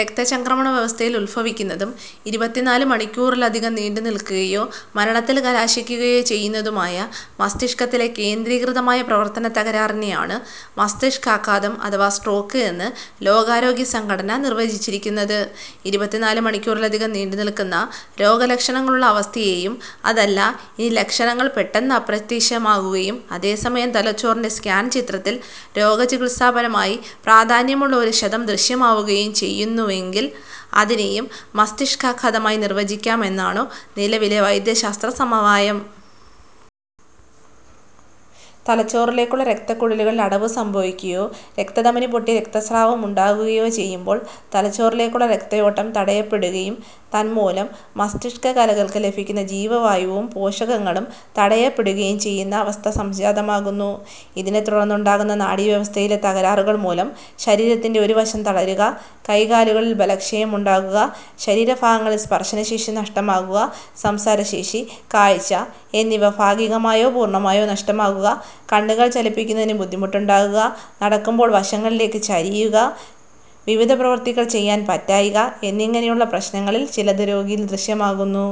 രക്തചംക്രമണവ്യവസ്ഥയിൽ ഉത്ഭവിക്കുന്നതും, ഇരുപത്തിനാല് മണിക്കൂറിലധികം നീണ്ടുനിൽക്കുകയോ മരണത്തിൽ കലാശിക്കുകയോ ചെയ്യുന്നതുമായ മസ്തിഷ്കത്തിലെ കേന്ദ്രീകൃതമായ പ്രവർത്തനത്തകരാറിനെയാണു മസ്തിഷ്കാഘാതം അഥവാ സ്ട്രോക്ക് എന്ന് ലോകാരോഗ്യ സംഘടന നിർവചിച്ചിരിക്കുന്നത്. ഇരുപത്തിനാല് മണിക്കൂറിലധികം നീണ്ടുനിൽക്കുന്ന രോഗലക്ഷണങ്ങളുള്ള അവസ്ഥയേയും, അതല്ല ഇനി ലക്ഷണങ്ങൾ പെട്ടെന്ന് അപ്രത്യക്ഷമാകുകയും അതേസമയം തലച്ചോറിന്റെ സ്കാൻ ചിത്രത്തിൽ രോഗചികിത്സാപരമായി പ്രാധാന്യമുള്ള ഒരു ക്ഷതം ദൃശ്യമാകുകയും ചെയ്യുന്നുവെങ്കിൽ അതിനെയും മസ്തിക്ഷാകാഘാതമായി നിർവചിക്കാം എന്നാണു നിലവിലെ വൈദ്യശാസ്ത്ര സമവായം. തലച്ചോറിലേക്കുള്ള രക്തക്കുഴലുകളിൽ അടവ് സംഭവിക്കുകയോ രക്തധമനി പൊട്ടി രക്തസ്രാവമുണ്ടാകുകയോ ചെയ്യുമ്പോൾ തലച്ചോറിലേക്കുള്ള രക്തയോട്ടം തടസ്സപ്പെടുകയും തന്മൂലം മസ്തിഷ്കകലകൾക്ക് ലഭിക്കുന്ന ജീവവായുവും പോഷകങ്ങളും തടയപ്പെടുകയും ചെയ്യുന്ന അവസ്ഥ സംജാതമാകുന്നു. ഇതിനെത്തുടർന്നുണ്ടാകുന്ന നാഡീവ്യവസ്ഥയിലെ തകരാറുകൾമൂലം ശരീരത്തിന്റെ ഒരു വശം തളരുക, കൈകാലുകളിൽ ബലക്ഷയമുണ്ടാകുക, ശരീരഭാഗങ്ങളിൽ സ്പർശനശേഷി നഷ്ടമാകുക, സംസാരശേഷി, കാഴ്ച എന്നിവ ഭാഗികമായോ പൂർണമായോ നഷ്ടമാകുക, കണ്ണുകൾ ചലിപ്പിക്കുന്നതിനു ബുദ്ധിമുട്ടുണ്ടാകുക, നടക്കുമ്പോൾ വശങ്ങളിലേക്ക് ചരിയുക, വിവിധപ്രവർത്തികൾ ചെയ്യാൻ പറ്റായ്ക, എന്നിങ്ങനെയുള്ള പ്രശ്നങ്ങളിൽ ചിലത് രോഗിയിൽ ദൃശ്യമാകുന്നു.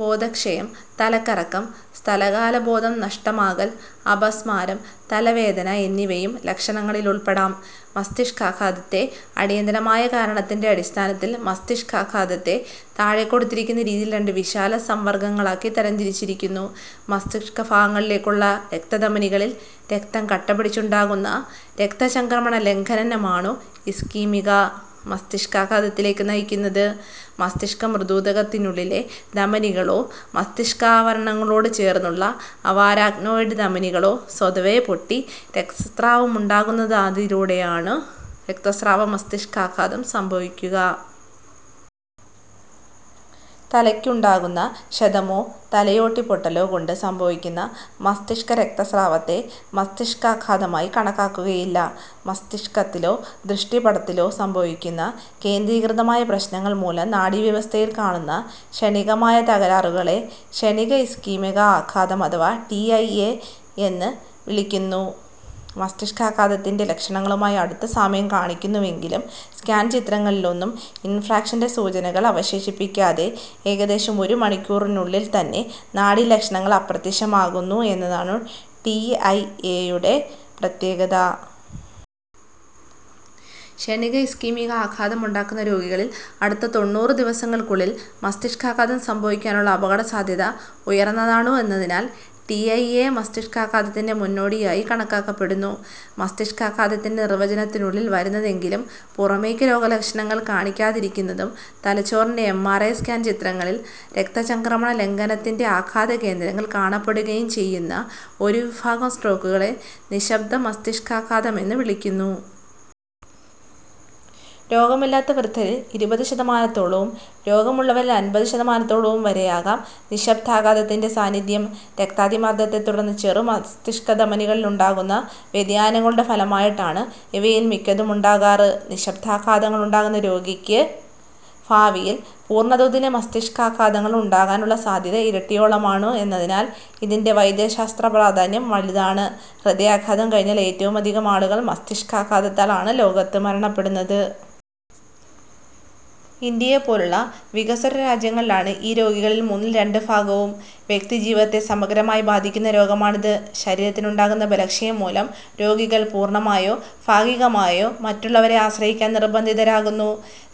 ബോധക്ഷയം, തലകറക്കം, സ്ഥലകാലബോധം നഷ്ടമാകൽ, അപസ്മാരം, തലവേദന എന്നിവയും ലക്ഷണങ്ങളിലുൾപ്പെടാം. മസ്തിഷ്കാഘാതത്തെ അടിയന്തരമായ കാരണത്തിന്റെ അടിസ്ഥാനത്തിൽ മസ്തിഷ്കാഘാതത്തെ താഴെക്കൊടുത്തിരിക്കുന്ന രീതിയിൽ രണ്ടു വിശാല സംവർഗങ്ങളാക്കി തിരിച്ചിരിക്കുന്നു: മസ്തിഷ്കഭാഗങ്ങളിലേക്കുള്ള രക്തധമനികളിൽ രക്തം കട്ടപിടിച്ചുണ്ടാകുന്ന രക്തചംക്രമണലംഘനമാണു ഇസ്കീമിക മസ്തിഷ്കാഘാതത്തിലേക്ക് നയിക്കുന്നത്. മസ്തിഷ്ക മൃദൂതകത്തിനുള്ളിലെ ധമനികളോ മസ്തിഷ്കാവരണങ്ങളോട് ചേർന്നുള്ള അവാരാക്നോയിഡ് ധമനികളോ സ്വയമേവ പൊട്ടി രക്തസ്രാവമുണ്ടാകുന്നാതിലൂടെയാണു രക്തസ്രാവ മസ്തിഷ്കാഘാതം സംഭവിക്കുക. തലയ്ക്കുണ്ടാകുന്ന ക്ഷതമോ തലയോട്ടി പൊട്ടലോ കൊണ്ട് സംഭവിക്കുന്ന മസ്തിഷ്കരക്തസ്രാവത്തെ മസ്തിഷ്കാഘാതമായി കണക്കാക്കുകയില്ല. മസ്തിഷ്കത്തിലോ ദൃഷ്ടിപടലത്തിലോ സംഭവിക്കുന്ന കേന്ദ്രീകൃതമായ പ്രശ്നങ്ങൾ മൂലം നാഡീവ്യവസ്ഥയിൽ കാണുന്ന ക്ഷണികമായ തകരാറുകളെ ക്ഷണിക ഇസ്കീമിക ആഘാതം അഥവാ "ടിഐഏ" എന്ന് വിളിക്കുന്നു. മസ്തിഷ്കാഘാതത്തിന്റെ ലക്ഷണങ്ങളുമായി അടുത്ത സാമ്യം കാണിക്കുന്നുവെങ്കിലും സ്കാൻ ചിത്രങ്ങളിലൊന്നും ഇൻഫ്രാക്ഷന്റെ സൂചനകൾ അവശേഷിപ്പിക്കാതെ ഏകദേശം ഒരു മണിക്കൂറിനുള്ളിൽ തന്നെ നാഡീലക്ഷണങ്ങൾ അപ്രത്യക്ഷമാകുന്നു എന്നതാണു ടിഐഏയുടെ പ്രത്യേകത. ക്ഷണിക ഇസ്കീമിക ആഘാതം ഉണ്ടാകുന്ന രോഗികളിൽ അടുത്ത തൊണ്ണൂറ് ദിവസങ്ങൾക്കുള്ളിൽ മസ്തിഷ്കാഘാതം സംഭവിക്കാനുള്ള അപകടസാധ്യത ഉയർന്നതാണു എന്നതിനാൽ ടിഐഏ മസ്തിഷ്കാഘാതത്തിന്റെ മുന്നോടിയായി കണക്കാക്കപ്പെടുന്നു. മസ്തിഷ്കാഘാതത്തിന്റെ നിർവചനത്തിനുള്ളിൽ വരുന്നതെങ്കിലും പുറമേയ്ക്ക് രോഗലക്ഷണങ്ങൾ കാണിക്കാതിരിക്കുന്നതും തലച്ചോറിന്റെ എംആർഐ സ്കാൻ ചിത്രങ്ങളിൽ രക്തചംക്രമണലംഘനത്തിന്റെ ആഘാതകേന്ദ്രങ്ങൾ കാണപ്പെടുകയും ചെയ്യുന്ന ഒരു വിഭാഗം സ്ട്രോക്കുകളെ "നിശ്ശബ്ദ മസ്തിഷ്കാഘാത"മെന്ന് വിളിക്കുന്നു. രോഗമില്ലാത്ത വൃദ്ധരിൽ ഇരുപതുശതമാനത്തോളവും രോഗമുള്ളവരിൽ അമ്പത്ശതമാനത്തോളവും വരെ ആകാം നിശ്ശബ്ദാഘാതത്തിന്റെ സാന്നിധ്യം. രക്താതിമർദ്ദത്തെത്തുടർന്ന് ചെറു മസ്തിഷ്കധമനികളിലുണ്ടാകുന്ന വ്യതിയാനങ്ങളുടെ ഫലമായിട്ടാണു ഇവയിൽ മിക്കതുമുണ്ടാകാറ്. നിശ്ശബ്ദാഘാതങ്ങളുണ്ടാകുന്ന രോഗിയ്ക്ക് ഭാവിയിൽ പൂർണതോതിലെ മസ്തിഷ്കാഘാതങ്ങളും ഉണ്ടാകാനുള്ള സാധ്യത ഇരട്ടിയോളമാണു എന്നതിനാൽ ഇതിന്റെ വൈദ്യശാസ്ത്രപ്രാധാന്യം വലുതാണ്. ഹൃദയാഘാതം കഴിഞ്ഞാൽ ഏറ്റവുമധികം ആളുകൾ മസ്തിഷ്കാഘാതത്താൽ ആണ് ലോകത്ത് മരണപ്പെടുന്നത്. ഇന്ത്യയെപ്പോലുള്ള വികസ്വര രാജ്യങ്ങളിലാണു ഈ രോഗികളിൽ മൂന്നിൽ രണ്ട് ഭാഗവും. വ്യക്തിജീവിതത്തെ സമഗ്രമായി ബാധിക്കുന്ന രോഗമാണിത്. ശരീരത്തിനുണ്ടാകുന്ന ബലക്ഷയം മൂലം രോഗികൾ പൂർണമായോ ഭാഗികമായോ മറ്റുള്ളവരെ ആശ്രയിക്കാൻ നിർബന്ധിതരാകുന്നു.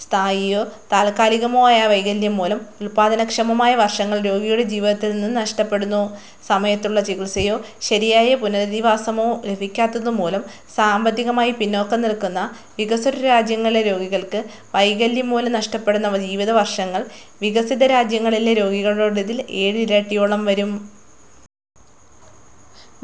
സ്ഥായിയോ താൽക്കാലികമോ ആയ വൈകല്യം മൂലം ഉല്പാദനക്ഷമമായ വർഷങ്ങൾ രോഗിയുടെ ജീവിതത്തിൽ നിന്ന് നഷ്ടപ്പെടുന്നു. സമയത്തുള്ള ചികിത്സയോ ശരിയായ പുനരധിവാസമോ ലഭിക്കാത്തതുമൂലം സാമ്പത്തികമായി പിന്നാക്കം നിൽക്കുന്ന വികസ്വരരാജ്യങ്ങളിലെ രോഗികൾക്ക് വൈകല്യംമൂലം നഷ്ടപ്പെടുന്ന ജീവിതവർഷങ്ങൾ വികസിതരാജ്യങ്ങളിലെ രോഗികളുടേതിന്റെ ഏഴ് ഇരട്ടിയോളം വരും.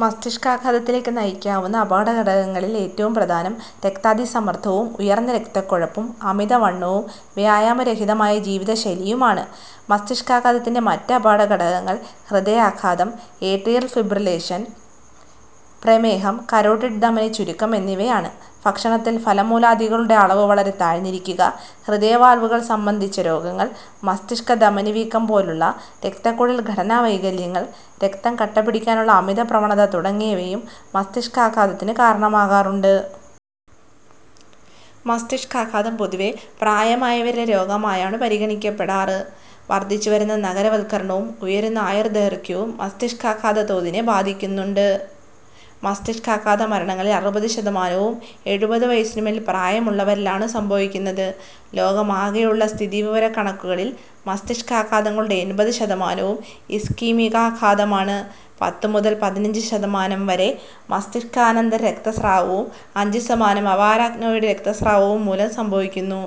മസ്തിഷ്കാഘാതത്തിലേക്ക് നയിക്കാവുന്ന അപകടഘടകങ്ങളിൽ ഏറ്റവും പ്രധാനം രക്താതിസമ്മർദ്ദവും ഉയർന്ന രക്തക്കൊഴുപ്പും അമിതവണ്ണവും വ്യായാമരഹിതമായ ജീവിതശൈലിയും ആണ്. മസ്തിഷ്കാഘാതത്തിന്റെ മറ്റ് അപകടഘടകങ്ങൾ ഹൃദയാഘാതം, ഏട്രിയൽ ഫിബ്രിലേഷൻ, പ്രമേഹം, കരോട്ടിഡ് ധമനിച്ചുരുക്കം എന്നിവയാണ്. ഭക്ഷണത്തിൽ ഫലമൂലാദികളുടെ അളവ് വളരെ താഴ്ന്നിരിക്കുക, ഹൃദയവാൽവുകൾ സംബന്ധിച്ച രോഗങ്ങൾ, മസ്തിഷ്കധമനിവീക്കം പോലുള്ള രക്തക്കുഴൽ ഘടനാവൈകല്യങ്ങൾ, രക്തം കട്ടപിടിക്കാനുള്ള അമിതപ്രവണത തുടങ്ങിയവയും മസ്തിഷ്കാഘാതത്തിനു കാരണമാകാറുണ്ട്. മസ്തിഷ്കാഘാതം പൊതുവേ പ്രായമായവരിലെ രോഗമായാണു പരിഗണിക്കപ്പെടാറ്. വർദ്ധിച്ചുവരുന്ന നഗരവത്കരണവും ഉയരുന്ന ആയുർദൈർഘ്യവും മസ്തിഷ്കാഘാത തോതിനെ ബാധിക്കുന്നുണ്ട്. മസ്തിഷ്കാഘാതമരണങ്ങളിൽ അറുപത് ശതമാനവും എഴുപത് വയസിനുമേൽ പ്രായമുള്ളവരിലാണു സംഭവിക്കുന്നത്. ലോകമാകെയുള്ള സ്ഥിതിവിവരക്കണക്കുകളിൽ മസ്തിഷ്കാഘാതങ്ങളുടെ എൺപത് ശതമാനവും ഇസ്കീമികാഘാതമാണ്. പത്ത് മുതൽ പതിനഞ്ച് ശതമാനം വരെ മസ്തിഷ്കാന്തര രക്തസ്രാവവും അഞ്ച് ശതമാനം അവാരാക്നോയിഡ് രക്തസ്രാവവും മൂലം സംഭവിക്കുന്നു